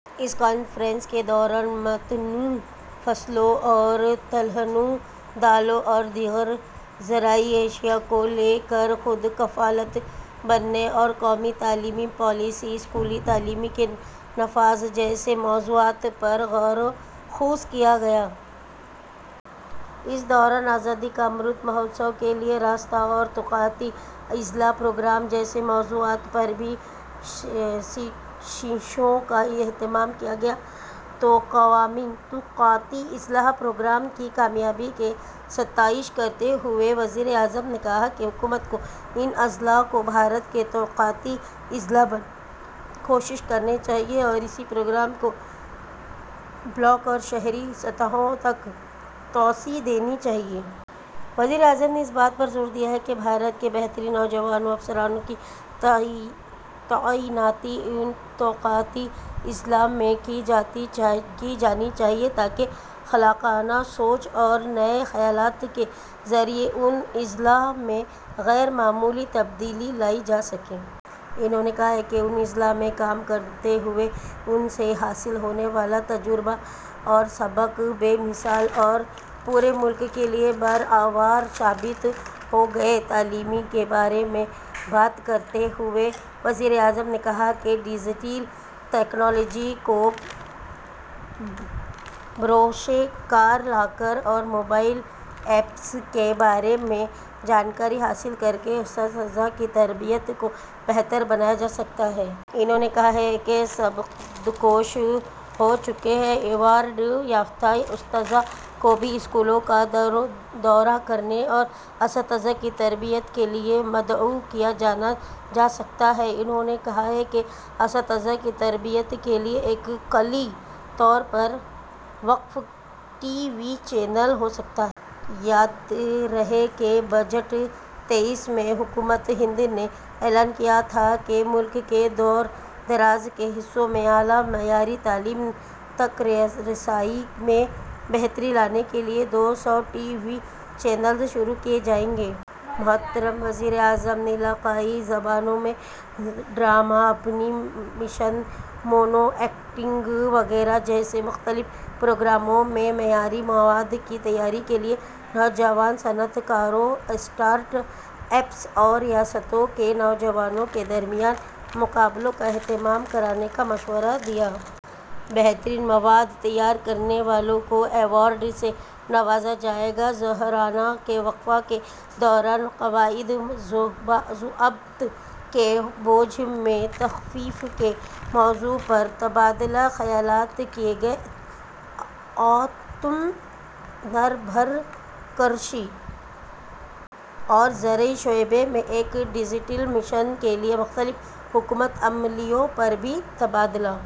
اس conference کے دوران متنوع فصلوں اور تلہنوں دالوں اور دیگر زرعی اشیاء کو لے کر خود کفالت بننے اور قومی تعلیمی پالیسی اسکولی تعلیم کے نفاذ جیسے موضوعات پر غور و خوض کیا گیا۔ اس دوران آزادی کا امرت مہوتسو کے لیے راستہ اور توقعاتی اضلاع پروگرام جیسے موضوعات پر بھی سیشنوں کا اہتمام کیا گیا۔ توقعاتی اضلاع پروگرام کی کامیابی کی ستائش کرتے ہوئے وزیر اعظم نے کہا کہ حکومت کو ان اضلاع کو بھارت کے توقعاتی اضلاع بنانے کی کوشش کرنی چاہیے اور اس پروگرام کو بلاک اور شہری سطحوں تک توسیع دینی چاہیے۔ وزیر اعظم نے اس بات پر زور دیا کہ بھارت کے بہترین نوجوان افسران کی تعیناتی ان توقعاتی اضلاع میں کی جانی چاہیے تاکہ خلاقانہ سوچ اور نئے خیالات کے ذریعہ ان اضلاع میں غیر معمولی تبدیلی لائی جا سکے۔ انہوں نے کہا کہ ان اضلاع میں کام کرتے ہوئے ان سے حاصل ہونے والا تجربہ اور سبق بے مثال اور پورے ملک کے لیے بارآور ثابت ہوں گے۔ تعلیم کے بارے میں بات کرتے ہوئے وزیر اعظم نے کہا کہ ڈجیٹل تکنالوجی کو بروئے کار لاکر اور موبائل ایپس کے بارے میں جانکاری حاصل کرکے اساتذہ کی تربیت کو بہتر بنایا جا سکتا ہے۔ انہوں نے کہا کہ سبکدوش ہو چکے ایوارڈ یافتہ اساتذہ کو بھی اسکولوں کا دورہ کرنے اور اساتذہ کی تربیت کے لیے مدعو کیا جا سکتا ہے۔ انہوں نے کہا کہ اساتذہ کی تربیت کے لیے ایک کلی طور پر وقف ٹی وی چینل ہو سکتا ہے۔ یاد رہے کہ بجٹ تئیس میں حکومت ہند نے اعلان کیا تھا کہ ملک کے دور دراز کے حصوں میں اعلیٰ معیاری تعلیم تک رسائی میں بہتری لانے کے لیے دو سو ٹی وی چینلز شروع کیے جائیں گے۔ محترم وزیر اعظم نے علاقائی زبانوں میں drama animation mono acting وغیرہ جیسے مختلف پروگراموں میں معیاری مواد کی تیاری کے لیے نوجوان صنعت کاروں اسٹارٹ اپس اور ریاستوں کے نوجوانوں کے درمیان مقابلوں کا اہتمام کرانے کا مشورہ دیا۔ بہترین مواد تیار کرنے والوں کو ایوارڈ سے نوازا جائے گا۔ ظہرانہ کے وقفہ کے دوران قواعد و ضوابط کے بوجھ میں تخفیف کے موضوع پر تبادلہ خیالات کیے گئے۔ آتم نربھر کرشی اور زرعی شعبہ میں ایک ڈجیٹل مشن کے لیے مختلف حکمت عملیوں پر بھی تبادلہ